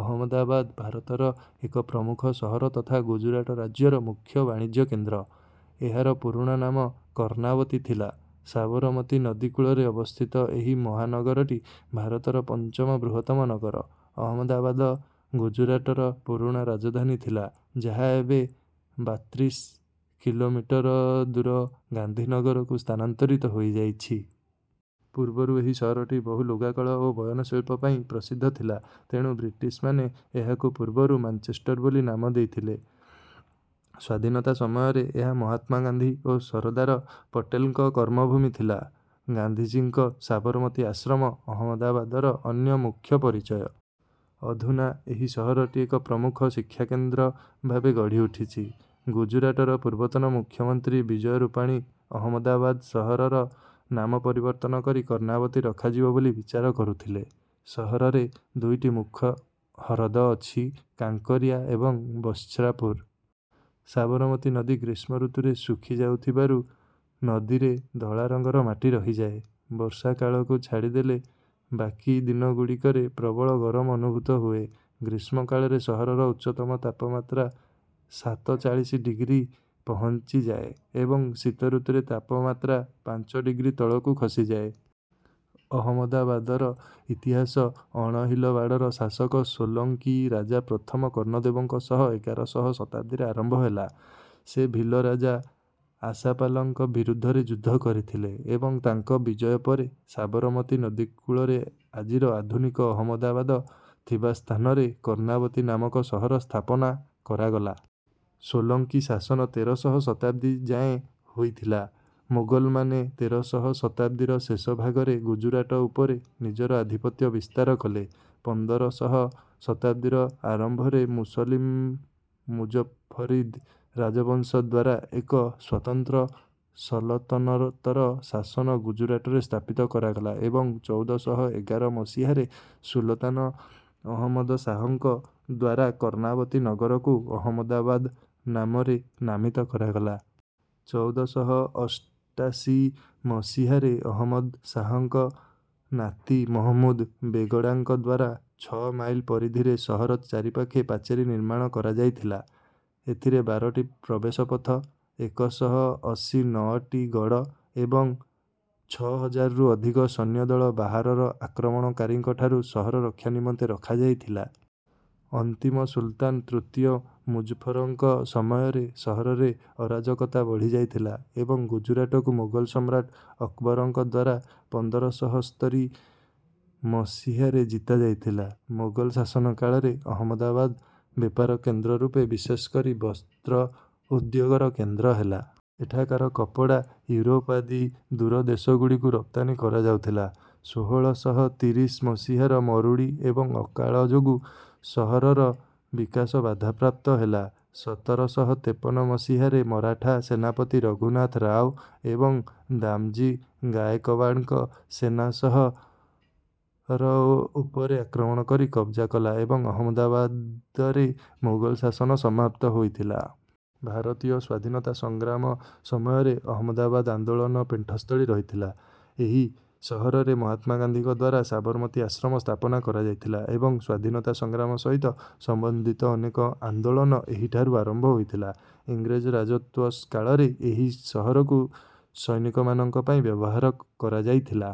ଅହମଦାବାଦ ଭାରତର ଏକ ପ୍ରମୁଖ ସହର ତଥା ଗୁଜରାଟ ରାଜ୍ୟର ମୁଖ୍ୟ ବାଣିଜ୍ୟ କେନ୍ଦ୍ର। ଏହାର ପୁରୁଣା ନାମ କର୍ଣ୍ଣାବତୀ ଥିଲା। ସାବରମତୀ ନଦୀ କୂଳରେ ଅବସ୍ଥିତ ଏହି ମହାନଗରଟି ଭାରତର ପଞ୍ଚମ ବୃହତ୍ତମ ନଗର। ଅହମଦାବାଦ ଗୁଜରାଟର ପୁରୁଣା ରାଜଧାନୀ ଥିଲା ଯାହା ଏବେ ବାତ୍ରିଶ କିଲୋମିଟର ଦୂର ଗାନ୍ଧୀନଗରକୁ ସ୍ଥାନାନ୍ତରିତ ହୋଇଯାଇଛି। ପୂର୍ବରୁ ଏହି ସହରଟି ବହୁ ଲୁଗାକଳ ଓ ବୟନଶିଳ୍ପ ପାଇଁ ପ୍ରସିଦ୍ଧ ଥିଲା ତେଣୁ ବ୍ରିଟିଶମାନେ ଏହାକୁ ପୂର୍ବର ମାଞ୍ଚେଷ୍ଟର ବୋଲି ନାମ ଦେଇଥିଲେ। ସ୍ୱାଧୀନତା ସମୟରେ ଏହା ମହାତ୍ମା ଗାନ୍ଧୀ ଓ ସରଦାର ପଟେଲଙ୍କ କର୍ମଭୂମି ଥିଲା। ଗାନ୍ଧୀଜୀଙ୍କ ସାବରମତୀ ଆଶ୍ରମ ଅହମଦାବାଦର ଅନ୍ୟ ମୁଖ୍ୟ ପରିଚୟ। ଅଧୁନା ଏହି ସହରଟି ଏକ ପ୍ରମୁଖ ଶିକ୍ଷା କେନ୍ଦ୍ର ଭାବେ ଗଢ଼ି ଉଠିଛି। ଗୁଜରାଟର ପୂର୍ବତନ ମୁଖ୍ୟମନ୍ତ୍ରୀ ବିଜୟ ରୂପାଣୀ ଅହମ୍ମଦାବାଦ ସହରର ନାମ ପରିବର୍ତ୍ତନ କରି କର୍ଣ୍ଣାବତୀ ରଖାଯିବ ବୋଲି ବିଚାର କରୁଥିଲେ। ସହରରେ ଦୁଇଟି ମୁଖ ହ୍ରଦ ଅଛି ତାଙ୍କରିଆ ଏବଂ ବତ୍ସାପର। ସାବରମତୀ ନଦୀ ଗ୍ରୀଷ୍ମ ଋତୁରେ ଶୁଖି ଯାଉଥିବାରୁ ନଦୀରେ ଧଳା ରଙ୍ଗର ମାଟି ରହିଯାଏ। ବର୍ଷା କାଳକୁ ଛାଡ଼ିଦେଲେ ବାକି ଦିନଗୁଡ଼ିକରେ ପ୍ରବଳ ଗରମ ଅନୁଭୂତ ହୁଏ। ଗ୍ରୀଷ୍ମ କାଳରେ ସହରର ଉଚ୍ଚତମ ତାପମାତ୍ରା ସାତଚାଳିଶି ଡିଗ୍ରୀ ପହଞ୍ଚିଯାଏ ଏବଂ ଶୀତ ଋତୁରେ ତାପମାତ୍ରା ପାଞ୍ଚ ଡିଗ୍ରୀ ତଳକୁ ଖସିଯାଏ। ଅହମଦାବାଦର ଇତିହାସ ଅଣହିଲବାଡ଼ର ଶାସକ ସୋଲଙ୍କୀ ରାଜା ପ୍ରଥମ କର୍ଣ୍ଣଦେବଙ୍କ ସହ ଏଗାରଶହ ଶତାବ୍ଦୀରେ ଆରମ୍ଭ ହେଲା। ସେ ଭୀଲ ରାଜା ଆଶାପାଲଙ୍କ ବିରୁଦ୍ଧରେ ଯୁଦ୍ଧ କରିଥିଲେ ଏବଂ ତାଙ୍କ ବିଜୟ ପରେ ସାବରମତୀ ନଦୀ କୂଳରେ ଆଜିର ଆଧୁନିକ ଅହମଦାବାଦ ଥିବା ସ୍ଥାନରେ କର୍ଣ୍ଣାବତୀ ନାମକ ସହର ସ୍ଥାପନା କରାଗଲା। ସୋଲଙ୍କୀ ଶାସନ ତେରଶହ ଶତାବ୍ଦୀ ଯାଏଁ ହୋଇଥିଲା ମୋଗଲମାନେ ତେରଶହ ଶତାବ୍ଦୀର ଶେଷ ଭାଗରେ ଗୁଜରାଟ ଉପରେ ନିଜର ଆଧିପତ୍ୟ ବିସ୍ତାର କଲେ। ପନ୍ଦରଶହ ଶତାବ୍ଦୀର ଆରମ୍ଭରେ ମୁସଲିମ ମୁଜଫରିଦ ରାଜବଂଶ ଦ୍ୱାରା ଏକ ସ୍ୱତନ୍ତ୍ର ସଲତନତର ଶାସନ ଗୁଜରାଟରେ ସ୍ଥାପିତ କରାଗଲା ଏବଂ ଚଉଦ ଶହ ଏଗାର ମସିହାରେ ସୁଲତାନ ଅହମଦ ଶାହଙ୍କ ଦ୍ୱାରା କର୍ଣ୍ଣାବତୀ ନଗରକୁ ଅହମଦାବାଦ ନାମରେ ନାମିତ କରାଗଲା। ଚଉଦ ଶହ ଅଷ୍ଟାଶୀ ମସିହାରେ ଅହମଦ ଶାହଙ୍କ ନାତି ମହମୁଦ ବେଗଡ଼ାଙ୍କ ଦ୍ୱାରା ଛଅ ମାଇଲ ପରିଧିରେ ସହର ଚାରିପାଖେ ପାଚେରୀ ନିର୍ମାଣ କରାଯାଇଥିଲା। ଏଥିରେ ବାରଟି ପ୍ରବେଶ ପଥ ଏକ ଶହ ଅଶୀ ନଅଟି ଗଡ଼ ଏବଂ ଛଅ ହଜାରରୁ ଅଧିକ ସୈନ୍ୟଦଳ ବାହାରର ଆକ୍ରମଣକାରୀଙ୍କ ଠାରୁ ସହର ରକ୍ଷା ନିମନ୍ତେ ରଖାଯାଇଥିଲା। ଅନ୍ତିମ ସୁଲତାନ ତୃତୀୟ ମୁଜଫରଙ୍କ ସମୟରେ ସହରରେ ଅରାଜକତା ବଢ଼ି ଯାଇଥିଲା ଏବଂ ଗୁଜରାଟକୁ ମୋଗଲ ସମ୍ରାଟ ଅକବରଙ୍କ ଦ୍ୱାରା ପନ୍ଦର ଶହ ସ୍ତରୀ ମସିହାରେ ଜିତା ଯାଇଥିଲା। ମୋଗଲ ଶାସନ କାଳରେ ଅହମଦାବାଦ ବେପାର କେନ୍ଦ୍ର ରୂପେ ବିଶେଷ କରି ବସ୍ତ୍ର ଉଦ୍ୟୋଗର କେନ୍ଦ୍ର ହେଲା। ଏଠାକାର କପଡ଼ା ୟୁରୋପ ଆଦି ଦୂର ଦେଶଗୁଡ଼ିକୁ ରପ୍ତାନି କରାଯାଉଥିଲା। ଷୋହଳ ଶହ ତିରିଶ ମସିହାର ମରୁଡ଼ି ଏବଂ ଅକାଳ ଯୋଗୁଁ ସହରର ବିକାଶ ବାଧାପ୍ରାପ୍ତ ହେଲା। ସତର ଶହ ତେପନ ମସିହାରେ ମରାଠା ସେନାପତି ରଘୁନାଥ ରାଓ ଏବଂ ଦାମଜୀ ଗାୟକବାଡ଼ଙ୍କ ସେନା ସହର ଉପରେ ଆକ୍ରମଣ କରି କବଜା କଲା ଏବଂ ଅହମଦାବାଦରେ ମୋଗଲ ଶାସନ ସମାପ୍ତ ହୋଇଥିଲା। ଭାରତୀୟ ସ୍ୱାଧୀନତା ସଂଗ୍ରାମ ସମୟରେ ଅହମଦାବାଦ ଆନ୍ଦୋଳନ ପେଣ୍ଠସ୍ଥଳୀ ରହିଥିଲା। ଏହି ସହରରେ ମହାତ୍ମା ଗାନ୍ଧୀଙ୍କ ଦ୍ୱାରା ସାବରମତୀ ଆଶ୍ରମ ସ୍ଥାପନା କରାଯାଇଥିଲା ଏବଂ ସ୍ୱାଧୀନତା ସଂଗ୍ରାମ ସହିତ ସମ୍ବନ୍ଧିତ ଅନେକ ଆନ୍ଦୋଳନ ଏହିଠାରୁ ଆରମ୍ଭ ହୋଇଥିଲା। ଇଂରେଜ ରାଜତ୍ୱ କାଳରେ ଏହି ସହରକୁ ସୈନିକମାନଙ୍କ ପାଇଁ ବ୍ୟବହାର କରାଯାଇଥିଲା।